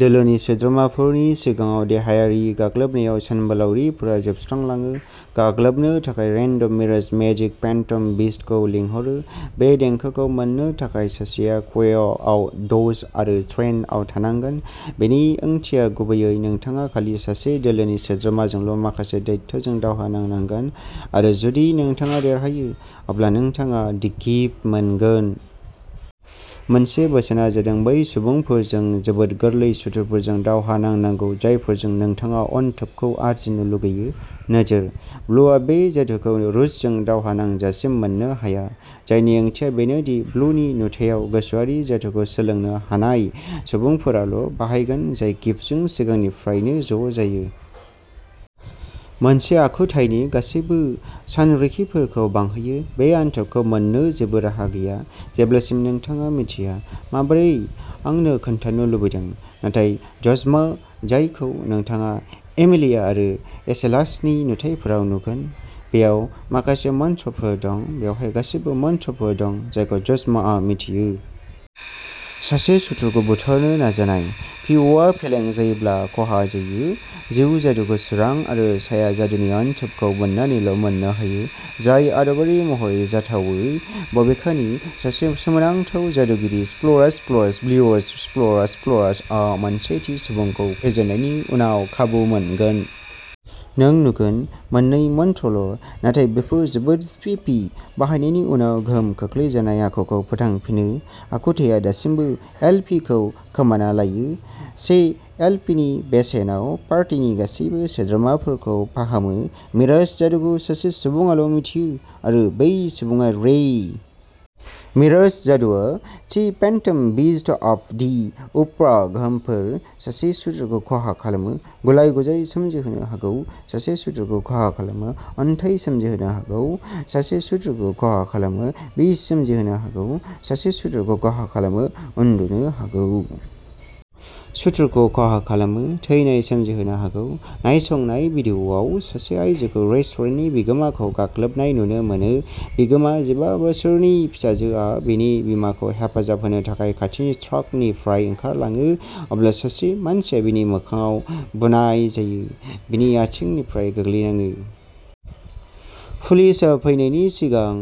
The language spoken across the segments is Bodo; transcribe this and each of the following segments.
दोलोनि सोद्रोमाफोरनि सिगाङाव देहायारि गाग्लोबनायाव सानबोलावरिफोरा जोबस्रांलाङो। गाग्लोबनो थाखाय रेन्डम मिराज मेजिक फेन्टम बिस्ट्सखौ लिंहरो। बे देंखोखौ मोन्नो थाखाय सासेया क्य'आव द'ज आरो ट्रेनआव थांनांगोन। बेनि ओंथिया गुबैयै नोंथाङा खालि सासे दोलोनि सोद्रोमाजोंल' माखासे दैत्यजों दावहा नांनांगोन आरो जुदि नोंथाङा देरहायो, अब्ला नोंथाङा "दि गिफ्ट" मोनगोन। मोनसे बोसोनआ जादों बै सुबुंफोरजों जोबोद गोरलै सुथुरफोरजों दावहा नांनांगौ जायफोरजों नोंथाङा अनथोबखौ आरजिनो लुगैयो। नोजोरः ब्लुआ बे जादुखौ रुजजों दावहा नांजासिम मोननो हाया, जायनि ओंथिया बेनो दि ब्लुनि नुथायाव गोसोआरि जादुखौ सोलोंनो हानाय सुबुंफोराल' बाहायगोन जाय गिफ्टजों सिगांनिफ्रायनो ज' जायो। मोनसे आखुथायनि गासैबो सानरिखिफोरखौ बांहोयो। बे अनथोबखौ मोन्नो जेबो राहा गैया, जेब्लासिम नोंथाङा मिन्थिया। माबोरै आंनो खोन्थानो लुबैदों? नाथाय ज'ज्मा, जायखौ नोंथाङा एमिलिया आरो एसेलासनि नुथाइफोराव नुगोन, बेयाव माखासे मंत्रफोर दं। बेवहाय गासैबो मंत्रफोर दं जायखौ ज'ज्माआ मिथियो। सासे सुथुरखौ बुथारनो नाजानाय; पि आ फेलें जायोब्ला खहा जायो। जिउ जादुखौ सोरां आरो साया जादुनि अनथोबखौ मोननानैल' मोननो हायो, जाय आदबारि महरै जाथावै। बबेखानि, सासे सोमोनांथाव जादुगिरि स्प'लारस्प'लार्सब्लिउय'र'जस्प'लार्सस्प'लार्स आ मोनसे थि सुबुंखौ फेजेननायनि उनाव खाबु मोनगोन। नों नुगोन। मोननै मंत्रल', नाथाय बेफोर जोबोद "स्पिफि"। बाहायनायनि उनाव गोहोम खोख्लैजानाय आखुखौ फोथांफिनो, आखुथाया दासिमबो एल. पि. खौ खोमाना लायो। से एल. पि. नि बेसेनाव पार्टिनि गासिबो सोद्रोमाफोरखौ फाहामो। मिराज जादुखौ सासे सुबुङाल' मिथियो आरो बै सुबुङा रेइ। मिराज जादुआ थि फेन्टम बिस्ट्स अफ दि उफ्रा गोहोमफोर। सासे सुथुरखौ खहा खालामो "गुलाय-गुजाय" सोमजिहोनो हागौ। सासे सुथुरखौ खहा खालामो "अन्थाइ" सोमजिहोनो हागौ। सासे सुथुरखौ खहा खालामो "बिस" सोमजिहोनो हागौ। सासे सुथुरखौ खहा खालामो "उन्दुनो" हागौ। सुथुरखौ खहा खालामो "थैनाय" सोमजिहोनो हागौ। नायसंनाय भिडिअ'आव सासे आयजोखौ रेस्टुरेन्टनि बिगोमाखौ गाग्लोबनाय नुनो मोनो। बिगोमा जिबा बोसोरनि फिसाजोआ बिनि बिमाखौ हेफाजाब होनो थाखाय खाथिनि ट्राकनिफ्राय ओंखारलाङो। अब्ला सासे मानसिया बिनि मोखांआव बुनाय जायो। बिनि आथिंनिफ्राय गोग्लैनाङो। पुलिसआ फैनायनि सिगां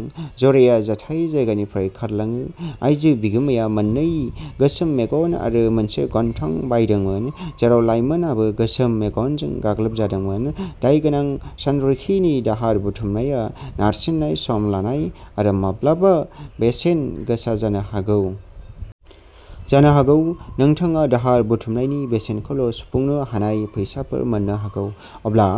जराया जाथाय जायगानिफ्राय खारलाङो। आइजो बिगोमाया मोननै गोसोम मेगन आरो मोनसे गन्थं बायदोंमोन, जेराव लाइमोनआबो गोसोम मेगनजों गाग्लोबजादोंमोन। दायगोनां सानरिखिनि दाहार बुथुमनाया नारसिननाय, सम लानाय आरो माब्लाबा बेसेन गोसा जानो हागौ। जानो हागौ नोंथाङा दाहार बुथुमनायनि बेसेनखौल' सुफुंनो हानाय फैसाफोर मोननो हागौ। अब्ला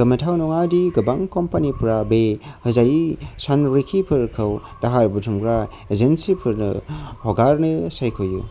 गोमोथाव नङा दि गोबां कम्पानिफोरा बे होजायै सानरिखिफोरखौ दाहार बुथुमग्रा एजेन्सिफोरनो हगारनो सायख'यो।